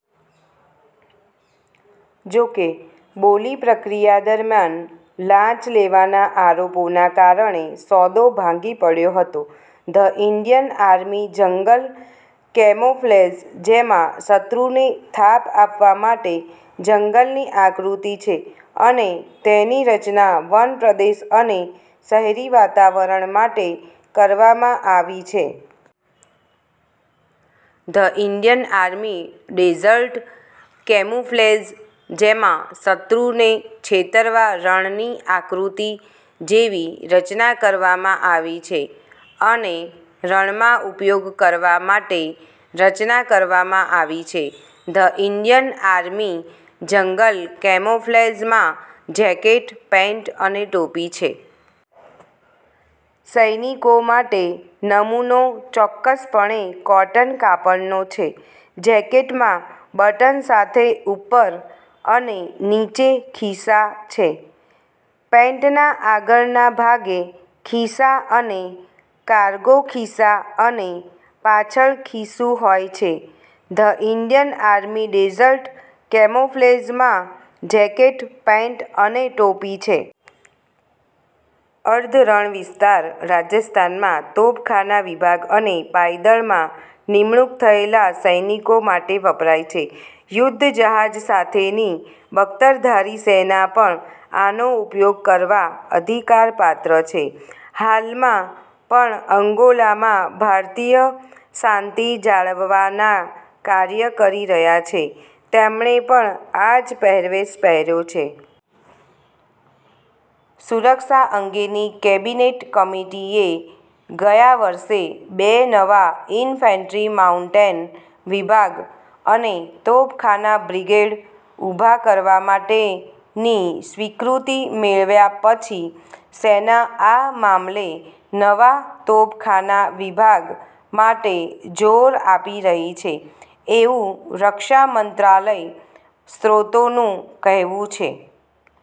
જો કે બોલી પ્રક્રિયા દરમિયાન લાંચ લેવાના આરોપોના કારણે સોદો ભાંગી પડયો હતો. The Indian army jungle camouflage જેમાં શત્રુને થાપ આપવા માટે જંગલની આકૃતિ છે અને તેેની રચના વનપ્રદેશ અને શહેરી વાતાવરણ માટે કરવામાં આવી છે. The Indian army desert camouflage, જેમાં શત્રુને છેતરવા રણની આકૃતિ જેવી રચના કરવામાં આવી છે અને રણમાં ઉપયોગ કરવા માટે રચના કરવામાં આવી છે. ધ ઈન્ડિયન આર્મી જંગલ કેમોફ્લેજમાં જેકેટ, પેન્ટ અને ટોપી છે. સૈનિકો માટે નમૂનો ચોક્કસપણે કોટન કાપડનો છે. જેકેટમાં બટન સાથે ઉપર અને નીચે ખિસ્સા છે. પેન્ટના આગળના ભાગે ખિસ્સા અને કારગો ખિસ્સા અને પાછળ ખિસ્સું હોય છે. ધ ઈન્ડિયન આર્મી ડેઝર્ટ કેમોફ્લેજમાં જેકેટ, પેન્ટ અને ટોપી છે. અર્ધ રણ વિસ્તાર રાજસ્થાનમાં તોપખાના વિભાગ અને પાયદળમાં નિમણૂક થયેલા સૈનિકો માટે વપરાય છે. યુદ્ધ જહાજો સાથેની બખ્તરધારી સેના પણ આનો ઉપયોગ કરવા અધિકારપાત્ર છે. હાલમાં પણ અંગોલામાં ભારતીય શાંતિ જાળવવાના કાર્ય કરી રહ્યા છે, તેમણે પણ આજ પહેરવેશ પહેર્યો છે. સુરક્ષા અંગેની કેબિનેટ કમિટિ એ ગયા વર્ષે બે નવા ઈન્ફેન્ટ્રી, માઉટેન વિભાગ અને તોપખાના બ્રિગેડ ઊભા કરવા માટેની સ્વીકૃતિ મેળવ્યા પછી, સેના આ મામલે નવા તોપખાના વિભાગ માટે જોર આપી રહી છે, એવું રક્ષા મંત્રાલય સ્ત્રોતોનું કહેવું છે.